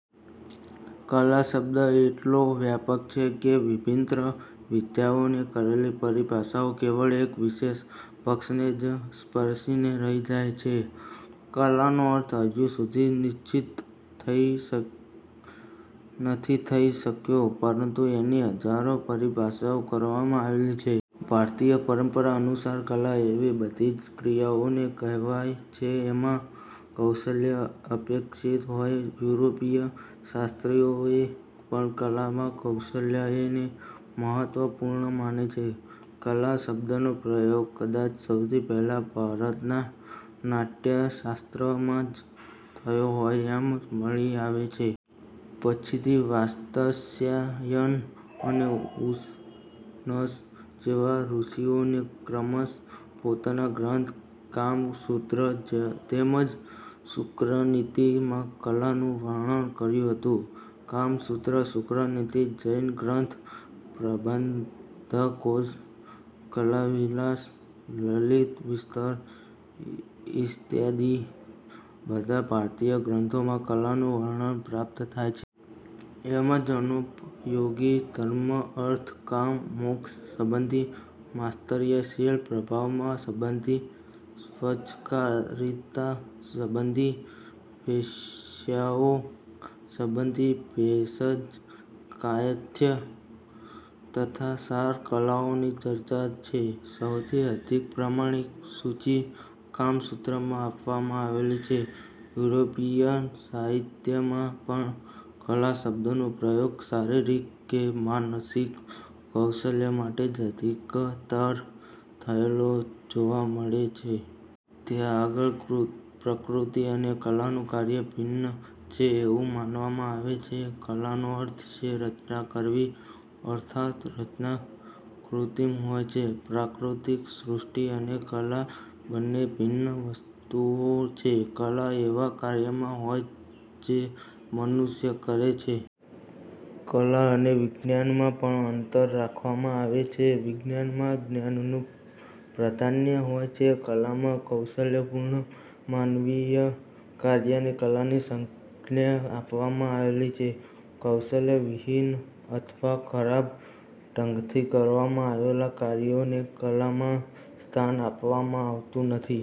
કલા શબ્દ એટલો વ્યાપક છે કે વિભિન્ન વિદ્વાનોએ કરેલી પરિભાષાઓ કેવળ એક વિશેષ પક્ષને જ સ્પર્શીને રહી જાય છે. કલાનો અર્થ હજુ સુધી નિશ્ચિત નથી થઇ શક્યો, પરંતુ એની હજારો પરિભાષાઓ કરવામાં આવેલી છે. ભારતીય પરંપરા અનુસાર કલા એવી બધી જ ક્રિયાઓને કહેવાય છે, જેમાં કૌશલ્ય અપેક્ષિત હોય. યુરોપીય શાસ્ત્રીઓએ પણ કલામાં કૌશલ્યને મહત્વપૂર્ણ માને છે. કલા શબ્દનો પ્રયોગ કદાચ સૌથી પહેલાં ભરતના " નાટ્યશાસ્ત્ર "માં જ થયો હોય એમ મળી આવે છે. પછીથી વાત્સ્યાયન અને ઉશનસ જેવા ઋષિઓએ ક્રમશ: પોતાના ગ્રંથ " કામસૂત્ર " તેમ જ "શુક્રનીતિ"માં કલાનું વર્ણન કર્યું હતું. "કામસૂત્ર", "શુક્રનીતિ", જૈન ગ્રંથ "પ્રબંધકોશ", "કલાવિલાસ", "લલિતવિસ્તર" ઇત્યાદિ બધા ભારતીય ગ્રંથોમાં કલાનું વર્ણન પ્રાપ્ત થાય છે. એમાં જનોપયોગી, ધર્મ, અર્થ, કામ, મોક્ષ, સંબંધી, માત્સર્ય-શીલ-પ્રભાવમાન સંબંધી, સ્વચ્છકારિતા સંબંધી, વેશ્યાઓ સંબંધી, ભેષજ, કાયસ્થ તથા સાર કલાઓની ચર્ચા છે. સૌથી અધિક પ્રમાણિક સૂચી "કામસૂત્ર"માં આપવામાં આવેલી છે. યુરોપીય સાહિત્યમાં પણ કલા શબ્દનો પ્રયોગ શારીરિક કે માનસિક કૌશલ માટે જ અધિકતર થયેલો જોવા મળે છે. ત્યાં આગળ પ્રકૃતિ અને કલાનું કાર્ય ભિન્ન છે એવું માનવામાં આવે છે. કલાનો અર્થ છે રચના કરવી અર્થાત્ રચના કૃત્રિમ હોય છે. પ્રાકૃતિક સૃષ્ટિ અને કલા બન્ને ભિન્ન વસ્તુઓ છે. કલા એવા કાર્યમાં હોય જે મનુષ્ય કરે છે. કલા અને વિજ્ઞાનમાં પણ અંતર રાખવામાં આવે છે. વિજ્ઞાનમાં જ્ઞાનનું પ્રાધાન્ય હોય છે, કલામાં કૌશલપૂર્ણ માનવીય કાર્યને કલાની સંજ્ઞા આપવામાં આવે છે. કૌશલવિહીન અથવા ખરાબ ઢંગથી કરવામાં આવેલા કાર્યોને કલામાં સ્થાન આપવામાં આવતું નથી.